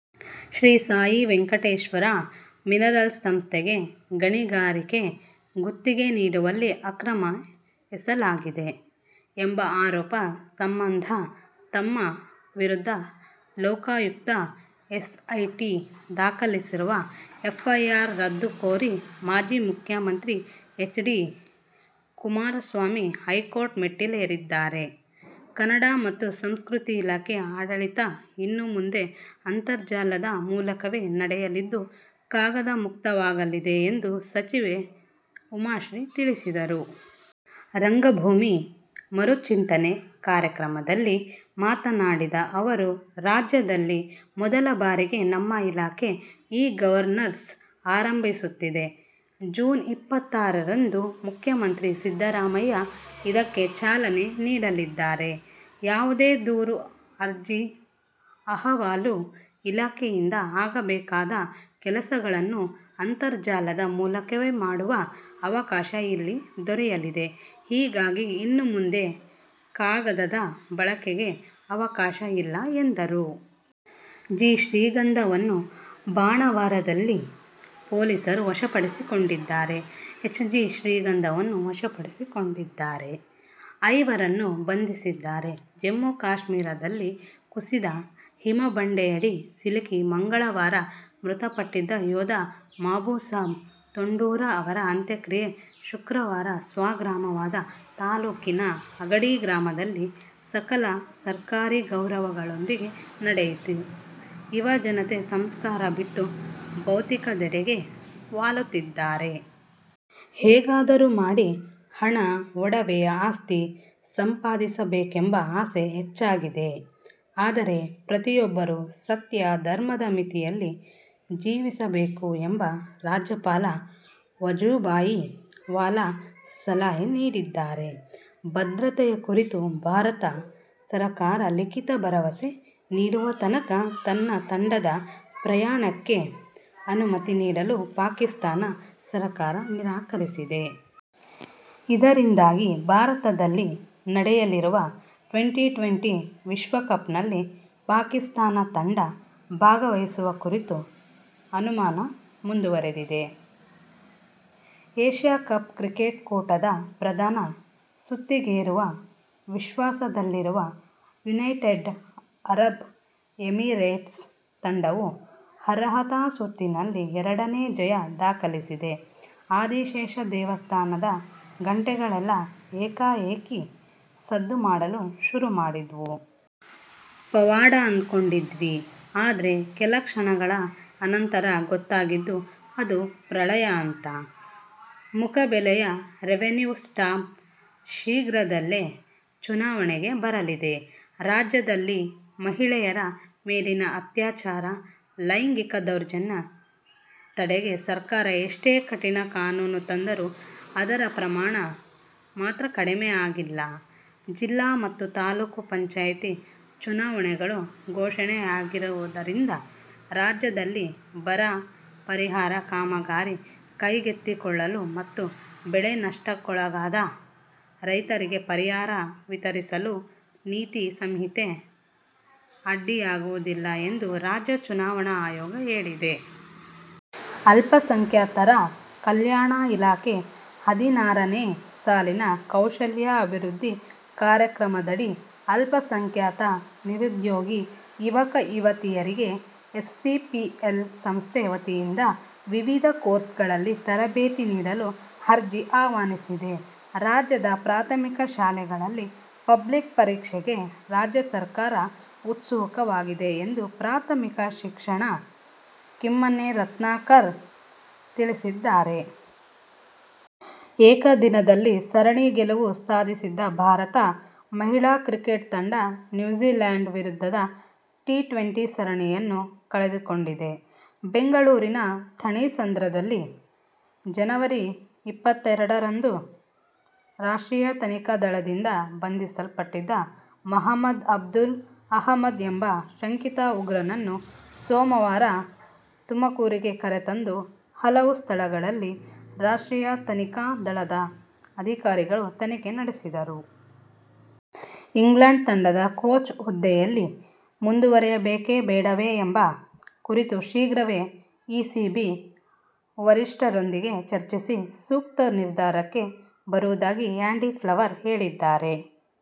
Shri Sai Venkateshwara minerals ಸಂಸ್ಥೆಗೆ ಗಣಿಗಾರಿಕೆ ಗುತ್ತಿಗೆ ನೀಡುವಲ್ಲಿ ಅಕ್ರಮ ಎಸಲಾಗಿದೆ ಎಂಬ ಆರೋಪ ಸಂಬಂಧ ತಮ್ಮ ವಿರುದ್ಧ ಲೋಕಾಯುಕ್ತ ಎಸ್ಐಟಿ ದಾಖಲಿಸಿರುವ ಎಫ್ಐಆರ್ ರದ್ದು ಕೋರಿ ಮಾಜಿ ಮುಖ್ಯಮಂತ್ರಿ ಎಚ್. ಡಿ. ಕುಮಾರಸ್ವಾಮಿ ಹೈಕೋರ್ಟ್ ಮೆಟ್ಟಿಲೇರಿದ್ದಾರೆ. ಕನ್ನಡ ಮತ್ತು ಸಂಸ್ಕೃತಿ ಇಲಾಖೆ ಆಡಳಿತ ಇನ್ನು ಮುಂದೆ ಅಂತರ್ಜಾಲದ ಮೂಲಕವೇ ನಡೆಯಲಿದ್ದು ಕಾಗದ ಮುಕ್ತವಾಗಲಿದೆ ಎಂದು ಸಚಿವೆ ಉಮಾಶ್ರೀ ತಿಳಿಸಿದರು. "ರಂಗಭೂಮಿ ಮರುಚಿಂತನೆ' ಕಾರ್ಯಕ್ರಮದಲ್ಲಿ ಮಾತನಾಡಿದ ಅವರು, ರಾಜ್ಯದಲ್ಲಿ ಮೊದಲ ಬಾರಿಗೆ ನಮ್ಮ ಇಲಾಖೆ ಇ-ಗವರ್ನನ್ಸ್ ಆರಂಭಿಸುತ್ತಿದೆ. ಜೂನ್ ಇಪ್ಪತ್ತಾರರಂದು ಮುಖ್ಯಮಂತ್ರಿ ಸಿದ್ದರಾಮಯ್ಯ ಇದಕ್ಕೆ ಚಾಲನೆ ನೀಡಲಿದ್ದಾರೆ. ಯಾವುದೇ ದೂರು, ಅರ್ಜಿ, ಅಹವಾಲು, ಇಲಾಖೆಯಿಂದ ಆಗಬೇಕಾದ ಕೆಲಸಗಳನ್ನು ಅಂತರ್ಜಾಲದ ಮೂಲಕವೇ ಮಾಡುವ ಅವಕಾಶ ಇಲ್ಲಿ ದೊರೆಯಲಿದೆ. ಹೀಗಾಗಿ ಇನ್ನು ಮುಂದೆ ಕಾಗದದ ಬಳಕೆಗೆ ಅವಕಾಶ ಇಲ್ಲ ಎಂದರು. ಜಿ. ಶ್ರೀಗಂಧವನ್ನು ಬಾಣಾವರದಲ್ಲಿ ಪೊಲೀಸರು ವಶಪಡಿಸಿಕೊಂಡಿದ್ದಾರೆ. ಎಚ್. ಜಿ. ಶ್ರೀಗಂಧವನ್ನು ವಶ ಪಡಿಸಿಕೊಂಡಿದ್ದಾರೆ. ಐವರನ್ನು ಬಂಧಿಸಿದ್ದಾರೆ. ಜಮ್ಮು-ಕಾಶ್ಮೀರದಲ್ಲಿ ಕುಸಿದ ಹಿಮಬಂಡೆಯಡಿ ಸಿಲುಕಿ ಮಂಗಳವಾರ ಮೃತಪಟ್ಟಿದ್ದ ಯೋಧ ಮಾಬುಸಾಬ್ ತೊಂಡೂರ ಅವರ ಅಂತ್ಯಕ್ರಿಯೆ ಶುಕ್ರವಾರ ಸ್ವಗ್ರಾಮವಾದ ತಾಲೂಕಿನ ಅಗಡಿ ಗ್ರಾಮದಲ್ಲಿ ಸಕಲ ಸರ್ಕಾರಿ ಗೌರವಗಳೊಂದಿಗೆ ನಡೆಯಿತು. ಯುವ ಜನತೆ ಸಂಸ್ಕಾರ ಬಿಟ್ಟು ಭೌತಿಕದೆಡೆಗೆ ವಾಲುತ್ತಿದ್ದಾರೆ. ಹೇಗಾದರೂ ಮಾಡಿ ಹಣ, ಒಡವೆ, ಆಸ್ತಿ ಸಂಪಾದಿಸಬೇಕೆಂಬ ಆಸೆ ಹೆಚ್ಚಾಗಿದೆ. ಆದರೆ, ಪ್ರತಿಯೊಬ್ಬರೂ ಸತ್ಯ, ಧರ್ಮದ ಮಿತಿಯಲ್ಲಿ ಜೀವಿಸಬೇಕು ಎಂದು ರಾಜ್ಯಪಾಲ ವಜೂಭಾಯಿ ವಾಲಾ ಸಲಹೆ ನೀಡಿದ್ದಾರೆ. ಭದ್ರತೆಯ ಕುರಿತು ಭಾರತ ಸರಕಾರ ಲಿಖಿತ ಭರವಸೆ ನೀಡುವತನಕ ತನ್ನ ತಂಡದ ಪ್ರಯಾಣಕ್ಕೆ ಅನುಮತಿ ನೀಡಲು ಪಾಕಿಸ್ಥಾನ ಸರಕಾರ ನಿರಾಕರಿಸಿದೆ. ಇದರಿಂದಾಗಿ ಭಾರತದಲ್ಲಿ ನಡೆಯಲಿರುವ ಟ್ವೆಂಟಿ-ಟ್ವೆಂಟಿ ವಿಶ್ವಕಪ್ನಲ್ಲಿ ಪಾಕಿಸ್ಥಾನ ತಂಡ ಭಾಗವಹಿಸುವ ಕುರಿತ ಅನುಮಾನ ಮುಂದುವರೆದಿದೆ. ಏಶ್ಯ ಕಪ್ ಕ್ರಿಕೆಟ್ ಕೂಟದ ಪ್ರಧಾನ ಸುತ್ತಿಗೇರುವ ವಿಶ್ವಾಸದಲ್ಲಿರುವ ಯುನೈಟೆಡ್ ಅರಬ್ ಎಮಿರೇಟ್ಸ್ ತಂಡವು ಅರ್ಹತಾ ಸುತ್ತಿನಲ್ಲಿ ಎರಡನೇ ಜಯ ದಾಖಲಿಸಿದೆ. "ಆದಿಶೇಷ ದೇವಸ್ಥಾನದ ಗಂಟೆಗಳೆಲ್ಲಾ ಏಕಾಏಕಿ ಸದ್ದು ಮಾಡಲು ಶುರು ಮಾಡಿದ್ವು. ಪವಾಡ ಅಂದ್ಕೊಂಡಿದ್ವಿ. ಆದ್ರೆ ಕೆಲಕ್ಷಣಗಳ ಅನಂತರ ಗೊತ್ತಾಗಿದ್ದು ಅದು ಪ್ರಳಯ ಅಂತ. ಮುಖಬೆಲೆಯ ರೆವಿನ್ಯೂ ಸ್ಟಾಂಪ್ ಶೀಘ್ರದಲ್ಲೇ ಚಲಾವಣೆಗೆ ಬರಲಿದೆ. ರಾಜ್ಯದಲ್ಲಿ ಮಹಿಳೆಯರ ಮೇಲಿನ ಅತ್ಯಾಚಾರ, ಲೈಂಗಿಕ ದೌರ್ಜನ್ಯ ತಡೆಗೆ ಸರ್ಕಾರ ಎಷ್ಟೇ ಕಠಿಣ ಕಾನೂನು ತಂದರೂ ಅದರ ಪ್ರಮಾಣ ಮಾತ್ರ ಕಡಿಮೆಯಾಗಿಲ್ಲ. ಜಿಲ್ಲಾ ಮತ್ತು ತಾಲೂಕು ಪಂಚಾಯ್ತಿ ಚುನಾವಣೆಗಳು ಘೋಷಣೆಯಾಗಿರುವುದರಿಂದ ರಾಜ್ಯದಲ್ಲಿ ಬರ ಪರಿಹಾರ ಕಾಮಗಾರಿ ಕೈಗೆತ್ತಿಕೊಳ್ಳಲು ಮತ್ತು ಬೆಳೆ ನಷ್ಟಕ್ಕೊಳಗಾದ ರೈತರಿಗೆ ಪರಿಹಾರ ವಿತರಿಸಲು ನೀತಿ ಸಂಹಿತೆ ಅಡ್ಡಿಯಾಗುವುದಿಲ್ಲ ಎಂದು ರಾಜ್ಯ ಚುನಾವಣಾ ಆಯೋಗ ಹೇಳಿದೆ. ಅಲ್ಪಸಂಖ್ಯಾತರ ಕಲ್ಯಾಣ ಇಲಾಖೆ ಹದಿನಾರನೇ ಸಾಲಿನ ಕೌಶಲ್ಯ ಅಭಿವೃದ್ಧಿ ಕಾರ್ಯಕ್ರಮದಡಿ ಅಲ್ಪಸಂಖ್ಯಾತ ನಿರುದ್ಯೋಗಿ ಯುವಕ-ಯುವತಿಯರಿಗೆ ಎಸಿಸಿಪಿಎಲ್ ಸಂಸ್ಥೆ ವತಿಯಿಂದ ವಿವಿಧ ಕೋರ್ಸುಗಳಲ್ಲಿ ತರಬೇತಿ ನೀಡಲು ಅರ್ಜಿ ಆಹ್ವಾನಿಸಿದೆ. ರಾಜ್ಯದ ಪ್ರಾಥಮಿಕ ಶಾಲೆಗಳಲ್ಲಿ ಪಬ್ಲಿಕ್ ಪರೀಕ್ಷೆಗೆ ರಾಜ್ಯ ಸರ್ಕಾರ ಉತ್ಸುಕವಾಗಿದೆ ಎಂದು ಪ್ರಾಥಮಿಕ ಶಿಕ್ಷಣ ಕಿಮ್ಮನೆ ರತ್ನಾಕರ ತಿಳಿಸಿದ್ದಾರೆ. ಏಕದಿನದಲ್ಲಿ ಸರಣಿ ಗೆಲುವು ಸಾಧಿಸಿದ್ದ ಭಾರತ ಮಹಿಳಾ ಕ್ರಿಕೆಟ್ ತಂಡ ನ್ಯೂಜಿಲ್ಯಾಂಡ್ ವಿರುದ್ಧದ ಟಿ-ಟ್ವೆಂಟಿ ಸರಣಿಯನ್ನು ಕಳೆದುಕೊಂಡಿದೆ. ಬೆಂಗಳೂರಿನ ಥಣಿಸಂದ್ರದಲ್ಲಿ ಜನವರಿ ಇಪ್ಪತ್ತೆರಡರಂದು ರಾಷ್ಟ್ರೀಯ ತನಿಖಾ ದಳದಿಂದ ಬಂಧಿಸಲ್ಪಟ್ಟಿದ್ದ ಮಹಮದ್ ಅಬ್ದುಲ್ ಅಹಮದ್ ಎಂಬ ಶಂಕಿತ ಉಗ್ರನನ್ನು ಸೋಮವಾರ ತುಮಕೂರಿಗೆ ಕರೆತಂದು ಹಲವು ಸ್ಥಳಗಳಲ್ಲಿ ರಾಷ್ಟ್ರೀಯ ತನಿಖಾ ದಳದ ಅಧಿಕಾರಿಗಳು ತನಿಖೆ ನಡೆಸಿದರು. ಇಂಗ್ಲಂಡ್ ತಂಡದ ಕೋಚ್ ಹುದ್ದೆಯಲ್ಲಿ ಮುಂದುವರಿಯಬೇಕೇ ಬೇಡವೇ ಎಂಬ ಕುರಿತು ಶೀಘ್ರವೇ ಇಸಿಬಿ ವರಿಷ್ಠರೊಂದಿಗೆ ಚರ್ಚಿಸಿ ಸೂಕ್ತ ನಿರ್ಧಾರಕ್ಕೆ ಬರುವುದಾಗಿ ಆ್ಯಂಡಿ ಫ್ಲವರ್ ಹೇಳಿದ್ದಾರೆ.